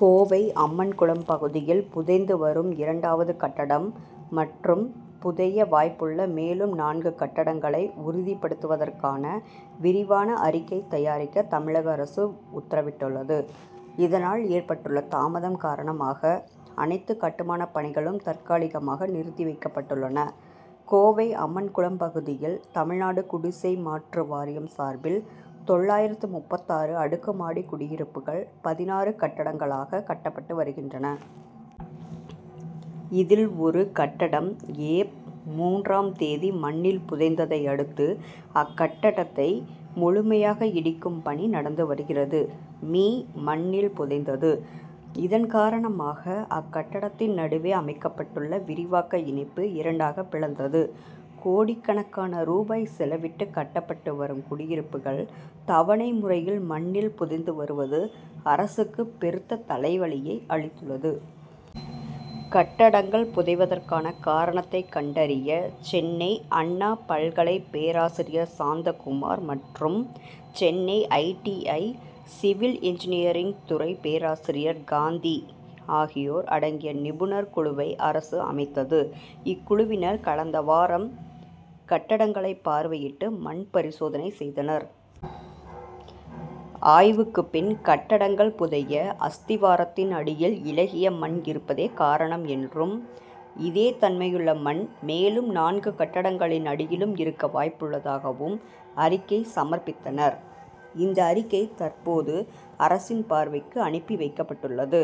கோவை அம்மன்குளம் பகுதியில் புதைந்து வரும் இரண்டாவது கட்டடம் மற்றும் புதைய வாய்ப்புள்ள மேலும் நான்கு கட்டடங்களை உறுதிப்படுத்துவதற்கான விரிவான அறிக்கை தயாரிக்க தமிழக அரசு உத்தரவிட்டுள்ளது. இதனால் ஏற்பட்டுள்ள தாமதம் காரணமாக அனைத்து கட்டுமானப் பணிகளும் தற்காலிகமாக நிறுத்தி வைக்கப்பட்டுள்ளன. கோவை அம்மன் குளம் பகுதியில் தமிழ்நாடு குடிசை மாற்று வாரியம் சார்பில் தொள்ளாயிரத்து முப்பத்தாறு அடுக்குமாடி குடியிருப்புகள் பதினாறு கட்டடங்களாக கட்டப்பட்டு வருகின்றன. இதில் ஒரு கட்டடம் ஏப். மூன்றாம் தேதி மண்ணில் புதைந்ததை அடுத்து அக்கட்டடத்தை முழுமையாக இடிக்கும் பணி நடந்து வருகிறது. மீ. மண்ணில் புதைந்தது. இதன் காரணமாக அக்கட்டடத்தின் நடுவே அமைக்கப்பட்டுள்ள விரிவாக்க இணைப்பு இரண்டாக பிளந்தது. கோடிக்கணக்கான ரூபாய் செலவிட்டு கட்டப்பட்டு வரும் குடியிருப்புகள் தவணை முறையில் மண்ணில் புதைந்து வருவது அரசுக்கு பெருத்த தலைவலியை அளித்துள்ளது. கட்டடங்கள் புதைவதற்கான காரணத்தை கண்டறிய சென்னை அண்ணா பல்கலை பேராசிரியர் சாந்தகுமார் மற்றும் Chennai I. T. I. Civil engineering துறை பேராசிரியர் காந்தி ஆகியோர் அடங்கிய நிபுணர் குழுவை அரசு அமைத்தது. இக்குழுவினர் கடந்த வாரம் கட்டடங்களை பார்வையிட்டு மண் பரிசோதனை செய்தனர். ஆய்வுக்குப் பின் கட்டடங்கள் புதைய அஸ்திவாரத்தின் அடியில் இளகிய மண் இருப்பதே காரணம் என்றும் இதே தன்மையுள்ள மண் மேலும் நான்கு கட்டடங்களின் அடியிலும் இருக்க வாய்ப்புள்ளதாகவும் அறிக்கை சமர்ப்பித்தனர். இந்த அறிக்கை தற்போது அரசின் பார்வைக்கு அனுப்பி வைக்கப்பட்டுள்ளது.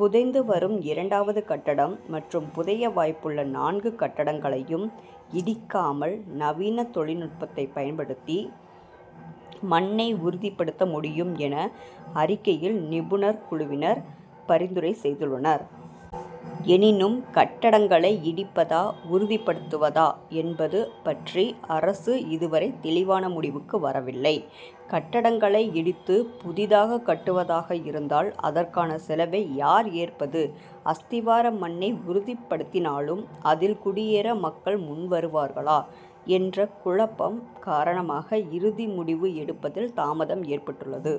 புதைந்து வரும் இரண்டாவது கட்டடம் மற்றும் புதைய வாய்ப்புள்ள நான்கு கட்டடங்களையும் இடிக்காமல் நவீன தொழில்நுட்பத்தை பயன்படுத்தி மண்ணை உறுதிப்படுத்த முடியும் என அறிக்கையில் நிபுணர் குழுவினர் பரிந்துரை செய்துள்ளனர். எனினும் கட்டடங்களை இடிப்பதா உறுதிப்படுத்துவதா என்பது பற்றி அரசு இதுவரை தெளிவான முடிவுக்கு வரவில்லை. கட்டடங்களை இடித்து புதிதாக கட்டுவதாக இருந்தால் அதற்கான செலவை யார் ஏற்பது அஸ்திவார மண்ணை உறுதிப்படுத்தினாலும் அதில் குடியேற மக்கள் முன்வருவார்களா? என்ற குழப்பம் காரணமாக இறுதி முடிவு எடுப்பதில் தாமதம் ஏற்பட்டுள்ளது.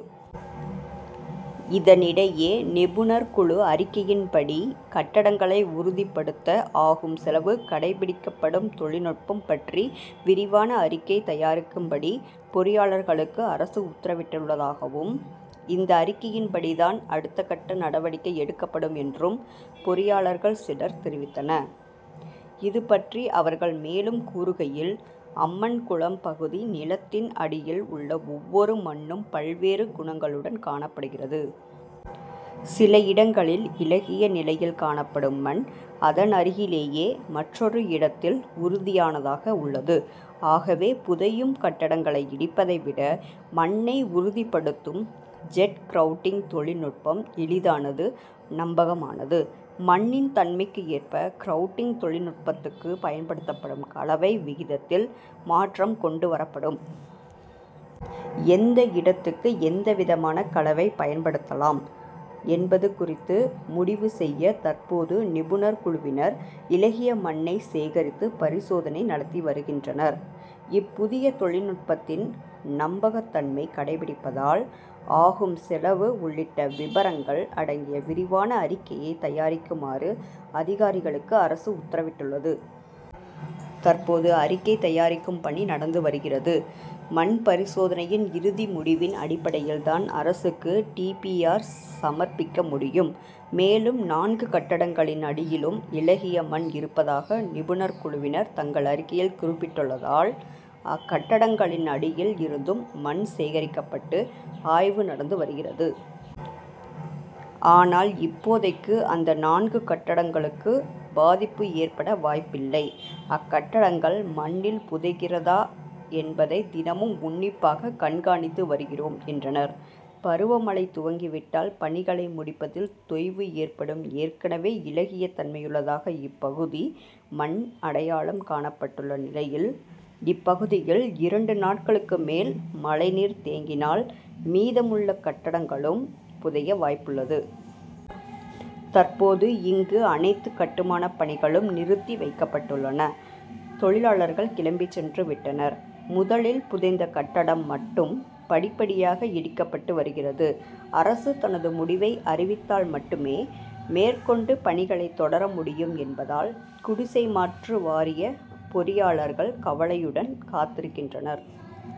இதனிடையே நிபுணர் குழு அறிக்கையின்படி கட்டடங்களை உறுதிப்படுத்த ஆகும் செலவு கடைபிடிக்கப்படும் தொழில்நுட்பம் பற்றி விரிவான அறிக்கை தயாரிக்கும்படி பொறியாளர்களுக்கு அரசு உத்தரவிட்டுள்ளதாகவும் இந்த அறிக்கையின்படிதான் அடுத்தகட்ட நடவடிக்கை எடுக்கப்படும் என்றும் பொறியாளர்கள் சிலர் தெரிவித்தனர். இது பற்றி அவர்கள் மேலும் கூறுகையில் அம்மன் குளம் பகுதி நிலத்தின் அடியில் உள்ள ஒவ்வொரு மண்ணும் பல்வேறு குணங்களுடன் காணப்படுகிறது. சில இடங்களில் இளகிய நிலையில் காணப்படும் மண் அதன் அருகிலேயே மற்றொரு இடத்தில் உறுதியானதாக உள்ளது. ஆகவே புதையும் கட்டடங்களை இடிப்பதை விட மண்ணை உறுதிப்படுத்தும் ஜெட் கிரவுட்டிங் தொழில் நுட்பம் எளிதானது நம்பகமானது. மண்ணின் தன்மைக்கு ஏற்ப கிரவுட்டிங் தொழில் நுட்பத்துக்கு பயன்படுத்தப்படும் கலவை விகிதத்தில் மாற்றம் கொண்டு வரப்படும். எந்த இடத்துக்கு எந்த விதமான கலவை பயன்படுத்தலாம் என்பது குறித்து முடிவு செய்ய தற்போது நிபுணர் குழுவினர் இளகிய மண்ணை சேகரித்து பரிசோதனை நடத்தி வருகின்றனர். இப்புதிய தொழில் நுட்பத்தின் நம்பகத்தன்மை கடைபிடிப்பதால் ஆகும் செலவு உள்ளிட்ட விபரங்கள் அடங்கிய விரிவான அறிக்கையை தயாரிக்குமாறு அதிகாரிகளுக்கு அரசு உத்தரவிட்டுள்ளது. தற்போது அறிக்கை தயாரிக்கும் பணி நடந்து வருகிறது. மண் பரிசோதனையின் இறுதி முடிவின் அடிப்படையில்தான் அரசுக்கு டி. பி. ஆர். சமர்ப்பிக்க முடியும். மேலும் நான்கு கட்டடங்களின் அடியிலும் இளகிய மண் இருப்பதாக நிபுணர் குழுவினர் தங்கள் அறிக்கையில் குறிப்பிட்டுள்ளதால் அக்கட்டடங்களின் அடியில் இருந்தும் மண் சேகரிக்கப்பட்டு ஆய்வு நடந்து வருகிறது. ஆனால் இப்போதைக்கு அந்த நான்கு கட்டடங்களுக்கு பாதிப்பு ஏற்பட வாய்ப்பில்லை. அக்கட்டடங்கள் மண்ணில் புதைகிறதா என்பதை தினமும் உன்னிப்பாக கண்காணித்து வருகிறோம் என்றனர். பருவமழை துவங்கி விட்டால் பணிகளை முடிப்பதில் தொய்வு ஏற்படும் ஏற்கனவே இளகிய தன்மையுள்ளதாக இப்பகுதி மண் அடையாளம் காணப்பட்டுள்ள நிலையில் இப்பகுதியில் இரண்டு நாட்களுக்கு மேல் மழை நீர் தேங்கினால் மீதமுள்ள கட்டடங்களும் புதைய வாய்ப்புள்ளது. தற்போது இங்கு அனைத்து கட்டுமானப் பணிகளும் நிறுத்தி வைக்கப்பட்டுள்ளன. தொழிலாளர்கள் கிளம்பிச் சென்று விட்டனர். முதலில் புதைந்த கட்டடம் மட்டும் படிப்படியாக இடிக்கப்பட்டு வருகிறது. அரசு தனது முடிவை அறிவித்தால் மட்டுமே மேற்கொண்டு பணிகளை தொடர முடியும் என்பதால் குடிசை மாற்று வாரிய பொறியாளர்கள் கவலையுடன் காத்திருக்கின்றனர்.